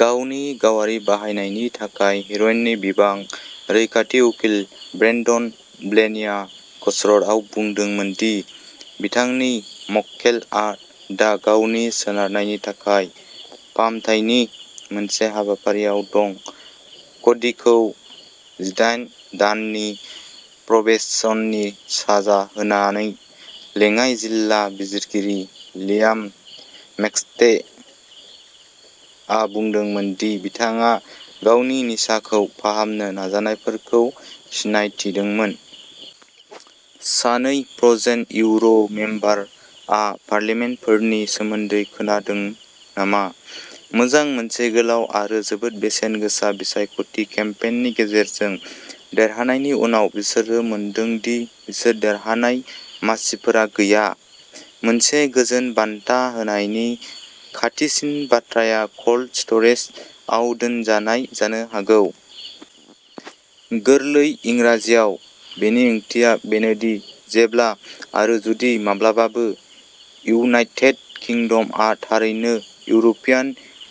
गावनि गावारि बाहायनायनि थाखाय हेर'इननि बिबां। रैखाथि उकिल ब्रेन्डन ब्लेनिया कच'र्टआव बुंदोंमोन दि बिथांनि मक्केलआ दा गावनि सोनारनायनि थाखाय फाहामथायनि मोनसे हाबाफारिआव दं। क'डीखौ जिदाइन दाननि प्रबेशननि साजा होनानै लेङाइ जिल्ला बिजिरगिरि लियाम मेकस्टेआ बुंदोंमोन दि बिथाङा गावनि निसाखौ फाहामनो नाजानायफोरखौ सिनायथिदोंमोन। सानै फ्र'जेन इउर' मेम्बार आ फार्लियामेन्टफोरनि सोमोन्दै खोनादों नामा? मोजां मोनसे गोलाव आरो जोबोद बेसेन गोसा बिसायख'थि केम्पेइननि गेजेरजों देरहानायनि उनाव बिसोरो मोनदों दि बिसोर देरहानाय मासिफोरा गैया। मोनसे गोजोन बान्था होनायनि खाथिसिन बाथ्राया "क'ल्ड स्ट'रेज" आव दोनजानाय जानो हागौ। गोरलै इंराजियाव, बेनि ओंथिया बेनो दि जेब्ला, आरो जुदि माब्लाबाबो, इउनाइटेड किंडमआ थारैनो इउर'पियान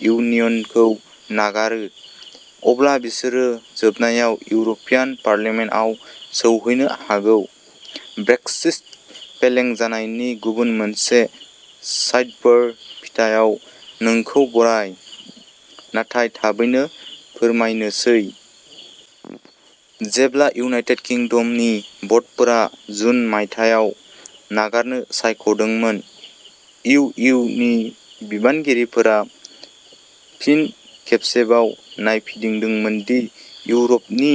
इउनियनखौ नागारो, अब्ला बिसोरो जोबनायाव इउर'पियान पार्लियामेन्टआव सौहैनो हागौ। ब्रेक्सिट फेलें जानायनि गुबुन मोनसे साइडबार फिथायाव नोंखौ बराय। नाथाय थाबैनो फोरमायनोसै। जेब्ला इउनाइटेट किंदमनि भटफोरा जुन मायथाइयाव नागारनो सायख'दोंमोन, इउ इउ नि बिबानगिरिफोरा फिन खेबसेबाव नायफिननांदोंमोनदि इउर'पनि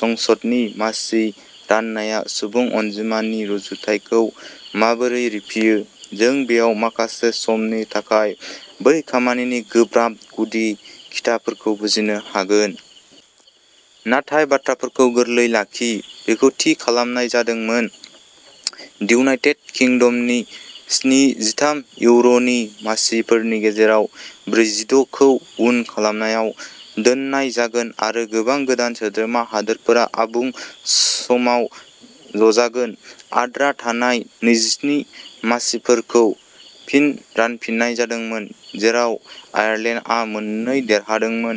संसदनि मासि राननाया सुबुं अनजिमानि रुजुथायखौ माबोरै रिफियो। जों बेयाव माखासे समनि थाखाय बै खामानिनि गोब्राब गुदि खिथाफोरखौ बुजिनो हागोन। नाथाय बाथ्राफोरखौ गोरलै लाखि। बेखौ थि खालामनाय जादोंमोन दिइउनाइटेट किंदमनि स्निजिथाम इउर'नि मासिफोरनि गेजेराव ब्रैजिद'खौ उन खामनायाव दोननाय जागोन आरो गोबां गोदान सोद्रोमा हादोरफोरा आबुं समाव ज'जागोन। आद्रा थानाय नैजिस्नि मासिफोरखौ फिन रानफिननाय जादोंमोन, जेराव आयारलेन्डआ मोननै देरहादोंमोन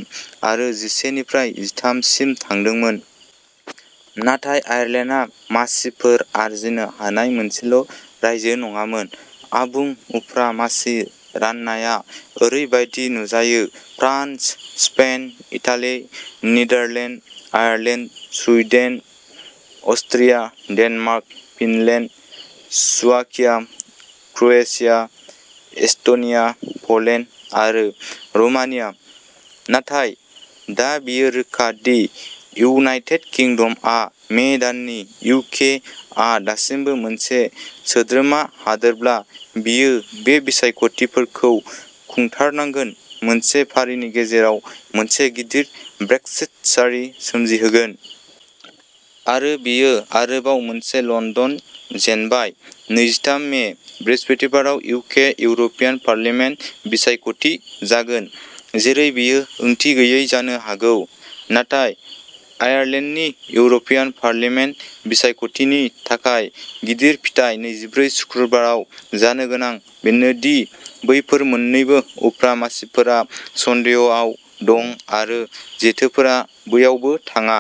आरो जिसे निफ्राय जिथाम सिम थांदोंमोन। नाथाय आयारलेन्डआ मासिफोर आरजिनो हानाय मोनसेल' रायजो नङामोन। आबुं उफ्रा मासि राननाया ओरैबायदि नुजायो France, Spain, Italy, Netherland, Ireland, Sweden, Austria, Denmark, Finland, Slovakia, Croatia, Estonia, Poland आरो र'मानिया। नाथाय दा बेयो रोखा दि इइउनाइटेट किंदमआ मे दाननि इउकेआ दासिमबो मोनसे सोद्रोमा हादोरब्ला, बियो बे बिसायख'थिफोरखौ खुंथारनांगोन, मोनसे फारिनि गेजेराव मोनसे गिदिर ब्रेक्सिट सारि सोमजिहोगोन। आरो बेयो आरोबाव मोनसे लण्डन जेनबाय नैजिथाम मे बृहस्पतिबाराव इउके इउर'पियान पार्लियामेन्ट बिसायख'थि जागोन, जेरै बेयो ओंथि गैयै जानो हागौ। नाथाय आयारलेन्डनि इउर'पियान पार्लियामेन्ट बिसायख'थिनि थाखाय गिदिर फिथाय नैजिब्रै सुक्रुबाराव जानो गोनां बेनो दि बैफोर मोन्नैबो उफ्रा मासिफोरा सन्देहआव दं आरो जेथोफोरा बैयावबो थाङा।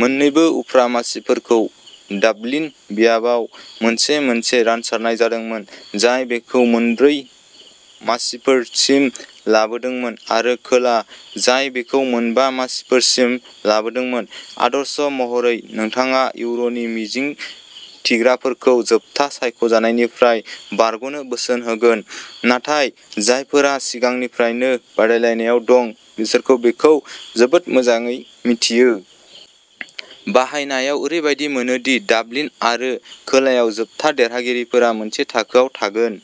मोन्नैबो उफ्रा मासिफोरखौ डाबलिन बियाबाव मोनसे-मोनसे रानसारनाय जादोंमोन, जाय बेखौ मोनब्रै मासिफोरसिम लाबोदोंमोन आरो खोला, जाय बेखौ मोनबा मासिफोरसिम लाबोदोंमोन। आदर्श महरै नोंथाङा इउर'नि मिजिंथिग्राफोरखौ जोबथा सायख'जानायनिफ्राय बारग'नो बोसोन होगोन। नाथाय जायफोरा सिगांनिफ्रायनो बादायलायनायाव दं, बिसोरो बेखौ जोबोद मोजाङै मिथियो। बाहायनायाव ओरैबादि मोनो दि डाबलिन आरो खोलायाव जोबथा देरहागिरिफोरा मोनसे थाखोआव थागोन।